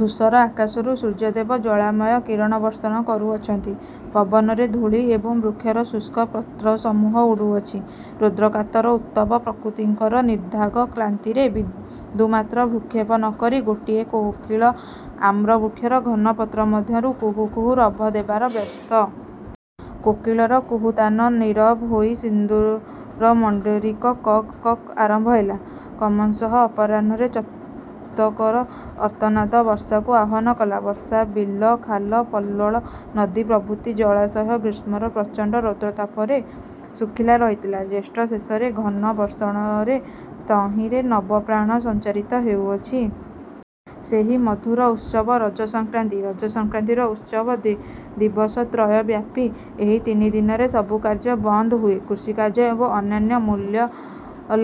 ଧୂସର ଆକାଶରୁ ସୂର୍ଯ୍ୟଦେବ ଜ୍ୱାଳାମୟ କିରଣ ବର୍ଷଣ କରୁଅଛନ୍ତି। ପବନରେ ଧୂଳି ଏବଂ ବୃକ୍ଷର ଶୁଷ୍କ ପତ୍ରସମୂହ ଉଡ଼ୁଅଛି, ରୌଦ୍ରକାତର ଉତ୍ତପ୍ତ ପ୍ରକୃତିଙ୍କର ନିଦାଘ କ୍ଳାନ୍ତିରେ ବିନ୍ଦୁମାତ୍ର ଭ୍ରୂକ୍ଷେପ ନ କରି ଗୋଟିଏ କୋକିଳ ଆମ୍ର ବୃକ୍ଷର ଘନ ପତ୍ର ମଧ୍ୟରୁ କୁହୁ କୁହୁ ରବ ଦେବାର ବ୍ୟସ୍ତ। କୋକିଳର କୁହୁତାନ ନୀରବ ହୋଇ ସିନ୍ଦୂରମୁଣ୍ଡିରକ କକ୍ କକ୍ ଆରମ୍ଭ ହେଲା। କ୍ରମଶଃ ଅପରାହ୍ଣରେ ଚାତକର ଅର୍ତ୍ତନାଦ ବର୍ଷାକୁ ଆହ୍ୱାନ କଲା। ବର୍ଷା ବିଲ, ଖାଲ, ପଲ୍ୱଳ ନଦୀ ପ୍ରଭୃତି ଜଳାଶୟ ଗ୍ରୀଷ୍ମର ପ୍ରଚଣ୍ଡ ରୌଦ୍ରୋତ୍ତାପରେ ଶୁଖିଲା ରହିଥିଲା, ଜ୍ୟେଷ୍ଠ ଶେଷର ଘନ ବର୍ଷଣରେ ତହିଁରେ ନବପ୍ରାଣ ସଞ୍ଚାରିତ ହେଉଅଛି। ସେହି ମଧୁର ଉତ୍ସବ ରଜସଂକ୍ରାନ୍ତି। ରଜସଂକ୍ରାନ୍ତିର ଉତ୍ସବ ଦି ଦିବସତ୍ରୟବ୍ୟାପୀ ଏହି ତିନି ଦିନରେ ସବୁ କାର୍ଯ୍ୟ ବନ୍ଦ ହୁଏ। କୃଷିକାର୍ଯ୍ୟ ଏବଂ ଅନ୍ୟାନ୍ୟ ମୂଲ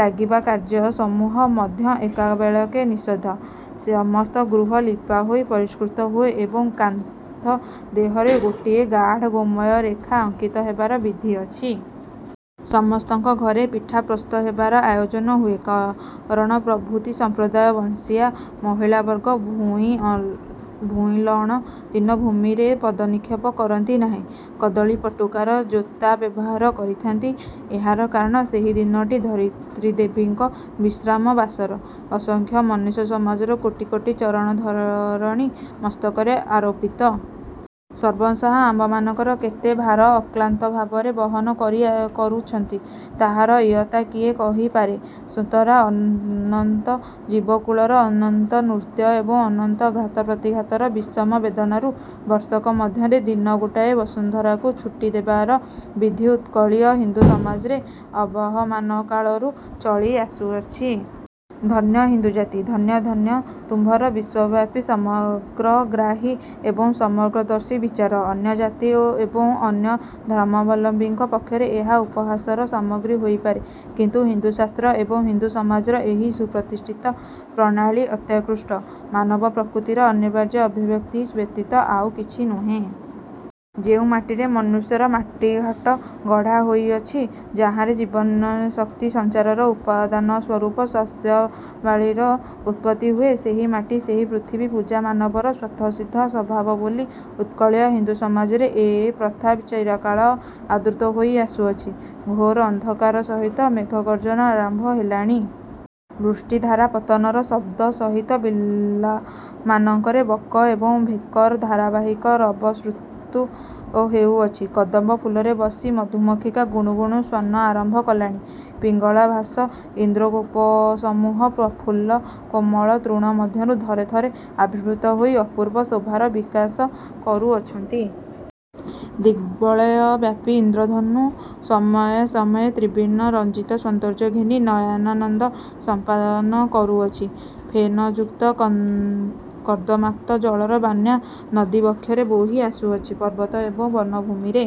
ଲାଗିବା କାର୍ଯ୍ୟସମୂହ ମଧ୍ୟ ଏକାବେଳକେ ନିଷଦ୍ଧ। ସମସ୍ତ ଗୃହ ଲିପା ହୋଇ ପରିଷ୍କୃତ ହୁଏ ଏବଂ କାନ୍ଥ ଦେହରେ ଗୋଟିଏ ଗାଢ଼ ଗୋମୟ ରେଖା ଅଙ୍କିତ ହେବାର ବିଧି ଅଛି। ସମସ୍ତଙ୍କ ଘରେ ପିଠା ପ୍ରସ୍ତୁତ ହେବାର ଆୟୋଜନ ହୁଏ। କରଣ ପ୍ରଭୃତି ସମ୍ପ୍ରଦାୟବଂଶୀୟା ମହିଳାବର୍ଗ ଭୂଇଁଲଅଁଣ ଦିନ ଭୂମିରେ ପଦନିକ୍ଷେପ କରନ୍ତି ନାହିଁ, କଦଳୀପଟୁକାର ଜୋତା ବ୍ୟବହାର କରିଥାନ୍ତି। ଏହାର କାରଣ, ସେହି ଦିନଟି ଧରିତ୍ରୀଦେବୀଙ୍କ ବିଶ୍ରାମ ବାସର। ଅସଂଖ୍ୟ ମନୁଷ୍ୟସମାଜର କୋଟି କୋଟି ଚରଣ ଧରଣୀ ମସ୍ତକରେ ଆରୋପିତ। ସର୍ବଂସହା ଆମ୍ଭମାନଙ୍କର କେତେ ଭାର ଅକ୍ଳାନ୍ତଭାବରେ ବହନ କରିଅ କରୁଅଛନ୍ତି, ତାହାର ଇୟତ୍ତା କିଏ କହିପାରେ ସୁତରାଂ ଅନନ୍ତ ଜୀବକୁଳର ଅନନ୍ତ ନୃତ୍ୟ ଏବଂ ଅନନ୍ତ ଘାତପ୍ରତିଘାତର ବିଷମ ବେଦନାରୁ ବର୍ଷକ ମଧ୍ୟରେ ଦିନ ଗୋଟାଏ ବସୁନ୍ଧରାକୁ ଛୁଟି ଦେବାର ବିଧି ଉତ୍କଳୀୟ ହିନ୍ଦୁସମାଜରେ ଅବହମାନକାଳରୁ ଚଳି ଆସୁଅଛି। ଧନ୍ୟ ହିନ୍ଦୁ ଜାତି ଧନ୍ୟ ଧନ୍ୟ ତୁମ୍ଭର ବିଶ୍ୱବ୍ୟାପୀ ସମଗ୍ରଗ୍ରାହୀ ଏବଂ ସମଗ୍ରଦର୍ଶୀ ବିଚାର। ଅନ୍ୟ ଜାତି ଓ ଏବଂ ଅନ୍ୟ ଧର୍ମାବଲମ୍ବିଙ୍କ ପକ୍ଷରେ ଏହା ଉପହାସର ସାମଗ୍ରୀ ହୋଇ ପାରେ କିନ୍ତୁ ହିନ୍ଦୁଶାସ୍ତ୍ର ଏବଂ ହିନ୍ଦୁସମାଜର ଏହି ସୁପ୍ରତିଷ୍ଠିତ ପ୍ରଣାଳୀ ଅତ୍ୟୁତ୍କୃଷ୍ଟ ମାନବପ୍ରକୃତିର ଅନିବାର୍ଯ୍ୟ ଅଭିବ୍ୟକ୍ତି ବ୍ୟତୀତ ଆଉ କିଛି ନୁହେ। ଯେଉଁ ମାଟିରେ ମନୁଷ୍ୟର ମାଟିଘାଟ ଗଢ଼ା ହୋଇଅଛି, ଯାହାରି ଜୀବନୀ ଶକ୍ତି ସଞ୍ଚାରର ଉପାଦାନସ୍ୱରୂପ ଶସ୍ୟାବଳୀର ଉତ୍ପତ୍ତି ହୁଏ, ସେହି ମାଟି ସେହି ପୃଥିବୀ ପୂଜା ମାନବର ସ୍ୱତଃସିଦ୍ଧ ସ୍ୱଭାବ ବୋଲି ଉତ୍କଳୀୟ ହିନ୍ଦୁସମାଜରେ ଏ ପ୍ରଥା ଚିରକାଳ ଆଦୃତ ହୋଇ ଆସୁଅଛି ଘୋର ଅନ୍ଧକାର ସହିତ ମେଘଗର୍ଜ୍ଜନ ଆରମ୍ଭ ହେଲାଣି। ବୃଷ୍ଟିଧାରାପତନର ଶବ୍ଦ ସହିତ ବିଲମାନଙ୍କରେ ବକ ଏବଂ ଭେକର ଧାରାବାହିକ ରବ ଶ୍ରୁତୁ ହେଉଅଛି। କଦମ୍ବ ଫୁଲରେ ବସି ମଧୁମକ୍ଷିକା ଗୁଣୁ ଗୁଣୁ ସ୍ୱନ ଆରମ୍ଭ କଲାଣି। ପିଙ୍ଗଳାଭାସ ଇନ୍ଦ୍ରଗୋପସମୂହ ପ୍ରଫୁଲ୍ଲ କୋମଳ ତୃଣ ମଧ୍ୟରୁ ଥରେ ଥରେ ଆବିର୍ଭୂତ ହୋଇ ଅପୂର୍ବ ଶୋଭାର ବିକାଶ କରୁଅଛନ୍ତି। ଦିଗ୍ବଳୟବ୍ୟାପୀ ଇନ୍ଦ୍ରଧନୁ ସମୟେ ସମୟେ ତ୍ରିବିର୍ଣ୍ଣ ରଞ୍ଜିତ ସୌନ୍ଦର୍ଯ୍ୟ ଘେନି ନୟନାନନ୍ଦ ସମ୍ପାଦନ କରୁଅଛି। ଫେନଯୁକ୍ତ କଦ୍ କର୍ଦମାକ୍ତ ଜଳର ବାନ୍ୟା ନଦୀବକ୍ଷରେ ବୋହି ଆସୁଅଛି। ପର୍ବତ ଏବଂ ବନଭୂମିରେ।